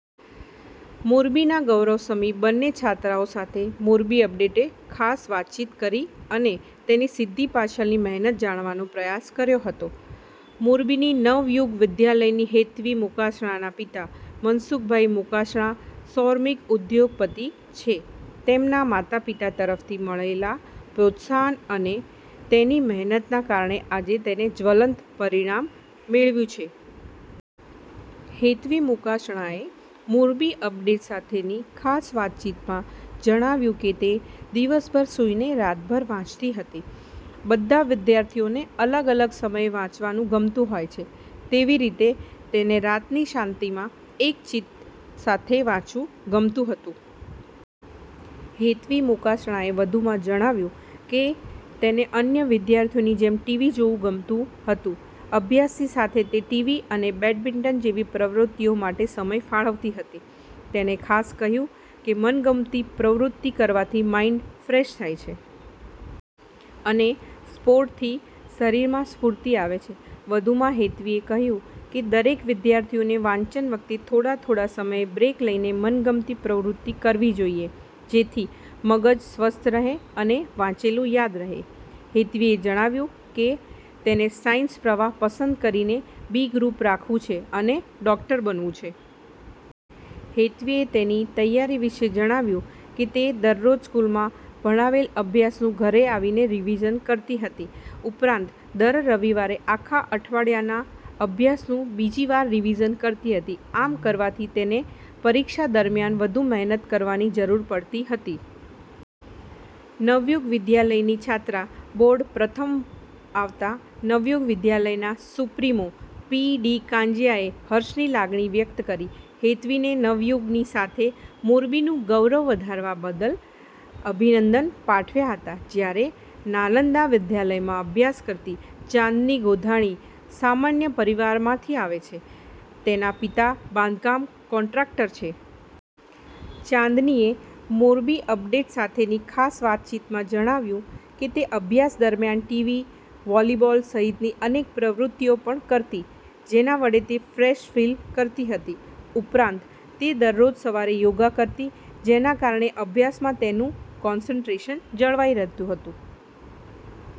મોરબીના ગૌરવ સમીબન્ને છાત્રાઓ સાથે 'મોરબી અપડેટે' ખાસ વાતચીત કરી અને તેનીસિદ્ધિ પાછળની મહેનત જાણવાનો પ્રયાસ કર્યો હતો. મોરબીની નવયુગ વિદ્યાલયની હેત્વી મોકાસણાના પિતા મનસુખભાઈ મોકાસણા સોરમીક ઉદ્યોગપતિ છે. તેમના માતા- પિતા તરફથી મળેલા પ્રત્સાહન અને તેની મહેનતના કારણે આજે તેને જ્વલંત પરિણામ મેળવ્યું છે. હેત્વી મોકાસણાએ 'મોરબી અપડેટ' સાથેની ખાસ વાતચીતમાં જણાવ્યું કે તે દિવસભર સૂઇને રાતભર વાંચતી હતી. બધા વિદ્યાર્થીઓને અલગ અલગ સમયે વાંચવાંનું ગમતું હોય છે. તેવી રીતે તેને રાતની શાંતીમાં એકચીત સાથે વાંચવું ગમતું હતું. હેત્વી મોકાસણાએ વધુમાં જણાવ્યું કે તેને અન્ય વિદ્યાર્થીઓની જેમ ટીવી જોવું ગમતું હતું. અભ્યાસની સાથે તે ટીવી અને બેડમિન્ટન જેવી પ્રવૃતિઓ માટે સમય ફાળવતી હતી. તેને કહ્યું કે મનગમતી પ્રવૃત્તિ કરવાથી માઈન્ડ ફ્રેશ થાય છે. અને સ્પોર્ટથી શરીરમાં સ્ફૂર્તિ આવે છે. વધૂમાં હેત્વીએ કહ્યું કે દરેક વિદ્યાર્થીઓએ વાંચન વખતે થોડા થોડા સમયે બ્રેક લઈને મનગમતી પ્રવૃત્તિ કરવી જોઈએ જેથી મગજ સ્વસ્થ રહે અને વાંચેલું યાદ રહે. હેત્વીએ જણાવ્યું કે તેને સાયન્સ પ્રવાહ પસંદ કરીને બી ગ્રુપ રાખવું છે અને ડોકટર બનવુ છે. હેત્વીએ તેની તૈયારી વિશે જણાવ્યું કે તે દરરોજ સ્કૂલમાં ભણાવેલ અભ્યાસનું ઘરે આવીને રિવિઝન કરતી હતી. ઉપરાંત દર રવિવારે આખા અઠવાડિયાના અભ્યાસનું બીજી વાર રિવિઝન કરતી હતી. આમ કરવાથી તેને પરીક્ષા દરમિયાન વધુ મહેનત કરવાની જરૂર પડીહતી. નવયુગ વિદ્યાલયની છાત્રા બોર્ડ પ્રથમ આવતા નવયુગ વિદ્યાલયના સુપ્રીમો પી. ડી. કાંજીયાએ હર્ષની લાગણી વ્યકત કરી હેત્વીને નવયુગની સાથે મોરબીનું ગૌરવ વધારવા બાદલ અભિનંદન પાઠવ્યા હતા. જયારે નાલંદા વિદ્યાલયમાં અભ્યાસ કરતી ચાંદની ગોધાણી સામાન્ય પરિવારમાંથી આવે છે તેના પિતા બાંધકામ કોન્ટ્રાકટર છે. ચાંદનીએ 'મોરબી અપડેટ' સાથેની ખાસ વાતચીતમાં જણાવ્યું કે તે અભ્યાસ દરમિયાન ટીવી, વોલીબોલ સહિતની અનેક પ્રવૃતિઓ પણ કરતી જેના વડે તે ફ્રેશ ફિલ કરતી હતી. ઉપરાંત તે દરરોજ સવારે યોગા કરતી જેના કારણે અભ્યાસમાં તેનું કૉન્સ્ટ્રેશન જળવાઈ રહેતું હતું.